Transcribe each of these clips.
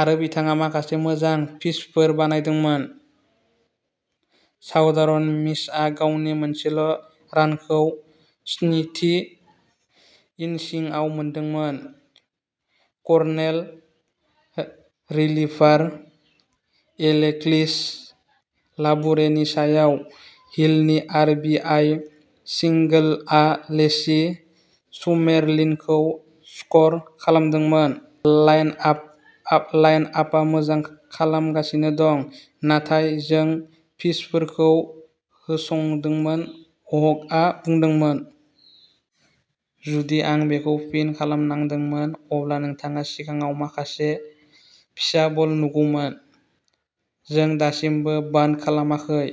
आरो बिथाङा माखासे मोजां पिचफोर बानायदोंमोन। साउदार्न मिसआ गावनि मोनसेल' रानखौ स्निथि इन्निंसआव मोनदोंमोन। कर्नेल रिलिभार एलेक्सिस लाबुरेनि सायाव हिलनि आर बि आइ सिंगोलआ लेसि सुमेरलिनखौ स्कर खालामदोंमोन। लाइन आप लाइनआपा मोजां खालामगासिनो दं, नाथाय जों पिचफोरखौ होसंदोंमोन हगआ बुंदोंमोन। जुदि आं बेखौ फिन खालामनांदोंमोन, अब्ला नोंथाङा सिगाङाव माखासे फिसा बल नुगौमोन। जों दासिमबो बान्ट खालामाखै।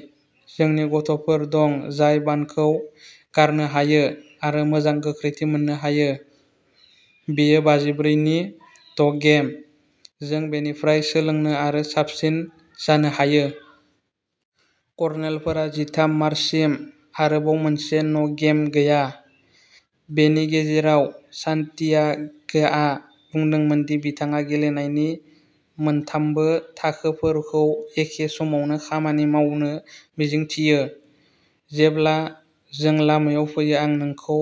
जोंनि गथ'फोर दं जाय बान्टखौ गारनो हायो आरो मोजां गोख्रैथि मोननो हायो। बेयो बाजिब्रै नि द'गेम। जों बेनिफ्राय सोलोंनो आरो साबसिन जानो हायो। कर्नेलफोरा जिथाम मार्चसिम आरोबाव मोनसे न'गेम गैया। बेनि गेजेराव, सान्टियागोआ बुंदोंमोन दि बिथाङा गेलेनायनि मोनथामबो थाखोफोरखौ एखे समावनो खामानि मावनो मिजिंथियो। जेब्ला जों लामायाव फैयो, आं नोंखौ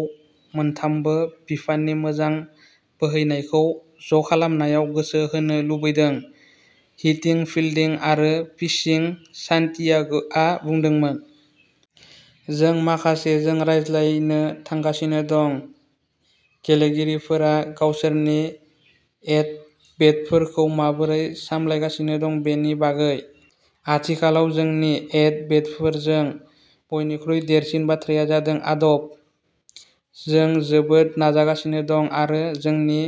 मोनथामबो बिफाननि मोजां बोहैनायखौ ज'खालामनायाव गोसो होनो लुबैदों हिटिं, फिल्डिं आरो पिचिं सान्टियागोआ बुंदोंमोन। जों माखासेजों रायज्लायनो थांगासिनो दं। गेलेगिरिफोरा गावसोरनि एट बेटफोरखौ माबोरै सामलायगासिनो दं बेनि बागै। आथिखालाव जोंनि एट-बेटफोरजों बयनिख्रुइ देरसिन बाथ्राया जादों आदब। जों जोबोद नाजागासिनो दं आरो जोंनि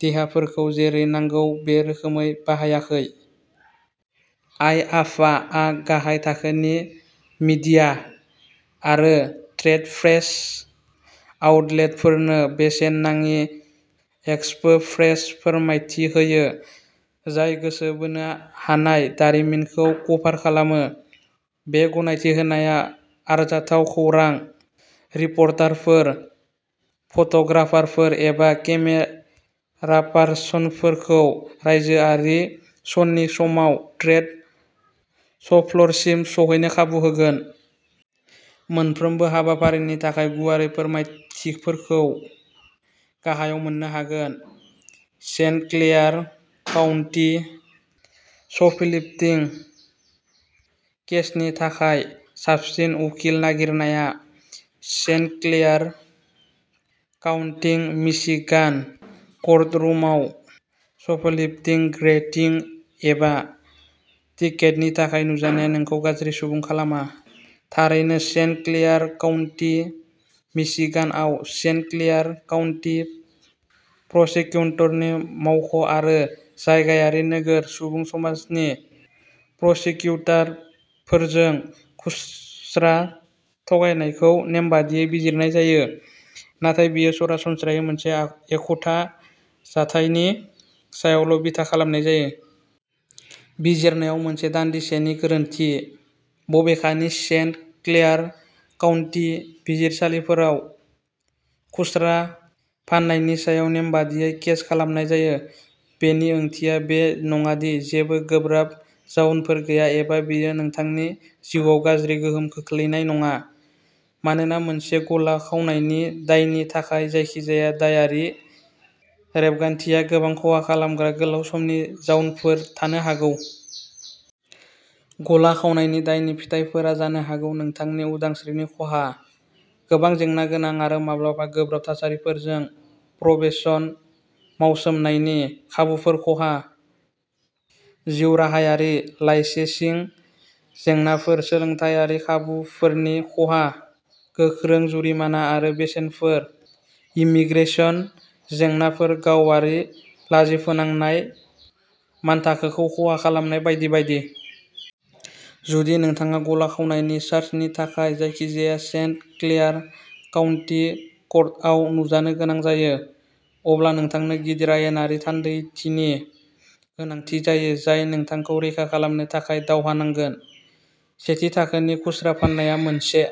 देहाफोरखौ जेरै नांगौ बे रोखोमै बाहायाखै। आइआफफा आ गाहाय थाखोनि मीडिया आरो ट्रेड प्रेस आउटलेटफोरनो बेसेन नाङि एक्सपो प्रेस फोरमानथि होयो, जाय गोसो बोनो हानाय दारिमिनखौ कभार खालामो। बे गनायथि होनाया आरजाथाव खौरां रिपर्टारफोर, फट'ग्राफारफोर, एबा केमेरापारसनफोरखौ रायजोआरि श'नि समाव ट्रेड श'फ्ल'रसिम सौहैनो खाबु होगोन। मोनफ्रोमबो हाबाफारिनि थाखाय गुवारै फोरमायथिफोरखौ गाहायाव मोन्नो हागोन। सेन्ट क्लेयार काउन्टी श'पलिफ्टिं केसनि थाखाय साबसिन उखिल नागिरनाया? सेन्ट क्लेयार काउन्टी मिशिगान क'र्टरुमआव श'पलिफ्टिं ग्रेप्तिं एबा टिकेटनि थाखाय नुजानाया नोंखौ गाज्रि सुबुं खालामा। थारैनो, सेन्ट क्लेयार काउन्टी मिशिगानआव सेन्ट क्लेयार काउन्टी प्रसिकिउटरनि मावख' आरो जायगायारि नोगोर सुबुं समाजनि प्रसिकिउटरफोरजों खुस्रा थगायनायखौ नेमबादियै बिजिरनाय जायो, नाथाय बेयो सरासनस्रायै मोनसे आ एखुथा जाथायनि सायावल' बिथा खालामनाय जायो। बिजिरनायाव मोनसे दानदिसेनि गोरोन्थि। बबेखानि, सेन्ट क्लेयार काउन्टि बिजिरसालिफोराव खुस्रा फाननायनि सायाव नेमबादियै केस खालामनाय जायो, बेनि ओंथिया बे नङा दि जेबो गोब्राब जाउनफोर गैया एबा बेयो नोंथांनि जिउआव गाज्रि गोहोम खोख्लैनाय नङा, मानोना मोनसे गला खावनायनि दायनि थाखाय जायखिजाया दायारि रेबगान्थिया गोबां खहा खालामग्रा गोलाव समनि जाउनफोर थानो हागौ। गला खावनायनि दायनि फिथाइफोरा जानो हागौ नोंथांनि उदांस्रिनि खहा, गोबां जेंनागोनां आरो माब्लाबा गोब्राब थासारिफोरजों प्रबेशन मावसोमनायनि खाबुफोर खहा; जिउराहायारि लाइसेन्सिं जेंनाफोर, सोलोंथायारि खाबुफोरनि खहा, गोख्रों जुरिमाना आरो बेसेनफोर इमिग्रेशन जेंनाफोर गावारि लाजिफोनांनाय मानथाखोखौ खहा खालामनाय, बायदि बायदि। जुदि नोंथाङा गला खावनायनि चार्जनि थाखाय जायखिजाया सेन्ट क्लेयार काउन्टि कर्टआव नुजानो गोनां जायो, अब्ला नोंथांनो गिदिर आयेनारि थान्दैथिनि गोनांथि जायो जाय नोंथांखौ रैखा खालामनो थाखाय दावहा नांगोन। सेथि थाखोनि खुस्रा फाननाया मोनसे